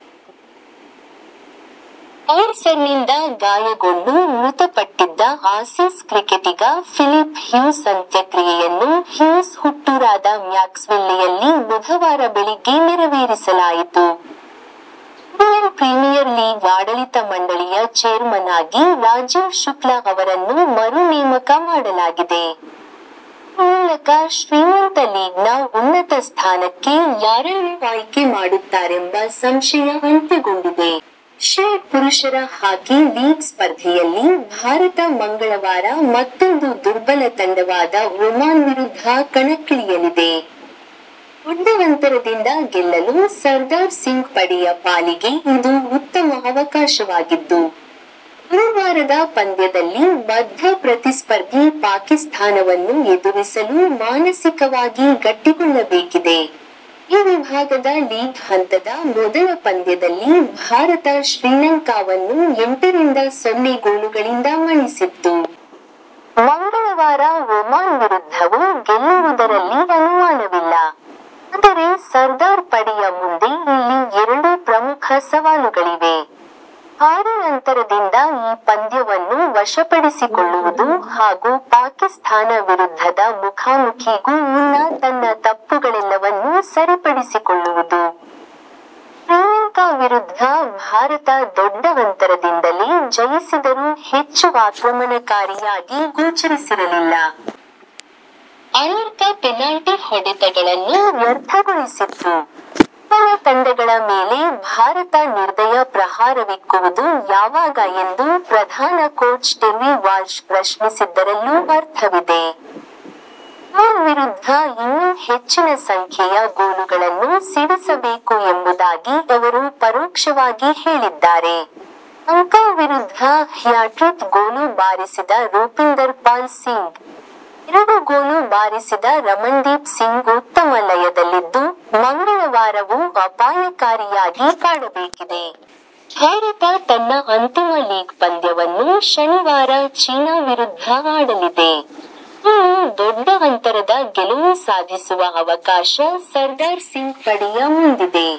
ಬೌನ್ಸರ್ನಿಂದ ಗಾಯಗೊಂಡು ಮೃತಪಟ್ಟಿದ್ದ ಆಸೀಸ್ ಕ್ರಿಕೆಟಿಗ ಫಿಲಿಪ್ ಹ್ಯೂಸ್ ಅಂತ್ಯಕ್ರಿಯೆಯನ್ನು ಹ್ಯೂಸ್ ಹುಟ್ಟೂರಾದ ಮ್ಯಾಕ್ಸ್ವಿಲ್ಲೆಯಲ್ಲಿ ಬುಧವಾರ ಬೆಳಿಗ್ಗೆ ನೆರವೇರಿಸಲಾಯಿತು. ಇಂಡಿಯನ್ ಪ್ರೀಮಿಯರ್ ಲೀಗ್ ಆಡಳಿತ ಮಂಡಳಿಯ ಚೇರ್ಮನ್ ಆಗಿ ರಾಜೀವ್ ಶುಕ್ಲ ಅವರನ್ನು ಮರು ನೇಮಕ ಮಾಡಲಾಗಿದೆ. ಈ ಮೂಲಕ ಶ್ರೀಮಂತ ಲೀಗ್ನ ಉನ್ನತ ಸ್ಥಾನಕ್ಕೆ ಯಾರನ್ನು ಆಯ್ಕೆ ಮಾಡುತ್ತಾರೆಂಬ ಸಂಶಯ ಅಂತ್ಯಗೊಂಡಿದೆ. ಏಶ್ಯಾಡ್ ಪುರುಷರ ಹಾಕಿ ಲೀಗ್ ಸ್ಪರ್ಧೆಯಲ್ಲಿ ಭಾರತ ಮಂಗಳವಾರ ಮತ್ತೊಂದು ದುರ್ಬಲ ತಂಡವಾದ ಒಮಾನ್ ವಿರುದ್ಧ ಕಣಕ್ಕಿಳಿಯಲಿದೆ. ದೊಡ್ಡ ಅಂತರದಿಂದ ಗೆಲ್ಲಲು ಸರ್ದಾರ್ ಸಿಂಗ್ ಪಡೆಯ ಪಾಲಿಗೆ ಇದು ಉತ್ತಮ ಅವಕಾಶವಾಗಿದ್ದು, ಗುರುವಾರದ ಪಂದ್ಯದಲ್ಲಿ ಬದ್ಧ ಪ್ರತಿಸ್ಪರ್ಧಿ ಪಾಕಿಸ್ಥಾನವನ್ನು ಎದುರಿಸಲು ಮಾನಸಿಕವಾಗಿ ಗಟ್ಟಿಗೊಳ್ಳಬೇಕಿದೆ. ಬಿ ವಿಭಾಗದ ಲೀಗ್ ಹಂತದ ಮೊದಲ ಪಂದ್ಯದಲ್ಲಿ ಭಾರತ ಶ್ರೀಲಂಕಾವನ್ನು ಎಂಟರಿಂದ ಸೊನ್ನೆ ಗೋಲುಗಳಿಂದ ಮಣಿಸಿತ್ತು. ಮಂಗಳವಾರ ಒಮಾನ್ ವಿರುದ್ಧವೂ ಗೆಲ್ಲುವುದರಲ್ಲಿ ಅನುಮಾನವಿಲ್ಲ. ಆದರೆ ಸರ್ದಾರ್ ಪಡೆಯ ಮುಂದೆ ಇಲ್ಲಿ ಎರಡು ಪ್ರಮುಖ ಸವಾಲುಗಳಿವೆ. ಭಾರೀ ಅಂತರದಿಂದ ಈ ಪಂದ್ಯವನ್ನು ವಶಪಡಿಸಿಕೊಳ್ಳುವುದು ಹಾಗೂ ಪಾಕಿಸ್ಥಾನ ವಿರುದ್ಧದ ಮುಖಾಮುಖೀಗೂ ಮುನ್ನ ತನ್ನ ತಪ್ಪುಗಳೆಲ್ಲವನ್ನೂ ಸರಿಪಡಿಸಿಕೊಳ್ಳುವುದು. ಶ್ರೀಲಂಕಾ ವಿರುದ್ಧ ಭಾರತ ದೊಡ್ಡ ಅಂತರದಿಂದಲೇ ಜಯಿಸಿದರೂ ಹೆಚ್ಚು ಆಕ್ರಮಣಕಾರಿಯಾಗಿ ಗೋಚರಿಸಿರಲಿಲ್ಲ. ಅನೇಕ ಪೆನಾಲ್ಟಿ ಹೊಡೆತಗಳನ್ನು ವ್ಯರ್ಥಗೊಳಿಸಿತ್ತು. ದುರ್ಬಲ ತಂಡಗಳ ಮೇಲೆ ಭಾರತ ನಿರ್ದಯ ಪ್ರಹಾರವಿಕ್ಕುವುದು ಯಾವಾಗ ಎಂದು ಪ್ರಧಾನ ಕೋಚ್ ಟೆರ್ರಿ ವಾಲ್ಶ್ ಪ್ರಶ್ನಿಸಿದ್ದರಲ್ಲೂ ಅರ್ಥವಿದೆ. ಒಮಾನ್ ವಿರುದ್ಧ ಇನ್ನೂ ಹೆಚ್ಚಿನ ಸಂಖ್ಯೆಯ ಗೋಲುಗಳನ್ನು ಸಿಡಿಸಬೇಕು ಎಂಬುದಾಗಿ ಅವರು ಪರೋಕ್ಷವಾಗಿ ಹೇಳಿದ್ದಾರೆ. ಲಂಕಾ ವಿರುದ್ಧ ಹ್ಯಾಟ್ರಿಕ್ ಗೋಲು ಬಾರಿಸಿದ ರೂಪಿಂದರ್ಪಾಲ್ ಸಿಂಗ್, ಎರಡು ಗೋಲು ಬಾರಿಸಿದ ರಮಣ್ದೀಪ್ ಸಿಂಗ್ ಉತ್ತಮ ಲಯದಲ್ಲಿದ್ದು, ಮಂಗಳವಾರವೂ ಅಪಾಯಕಾರಿಯಾಗಿ ಕಾಡಬೇಕಿದೆ. ಭಾರತ ತನ್ನ ಅಂತಿಮ ಲೀಗ್ ಪಂದ್ಯವನ್ನು ಶನಿವಾರ ಚೀನಾ ವಿರುದ್ಧ ಆಡಲಿದೆ. ಇಲ್ಲಿಯೂ ದೊಡ್ಡ ಅಂತರದ ಗೆಲುವು ಸಾಧಿಸುವ ಅವಕಾಶ ಸರ್ದಾರ್ ಸಿಂಗ್ ಪಡೆಯ ಮುಂದಿದೆ.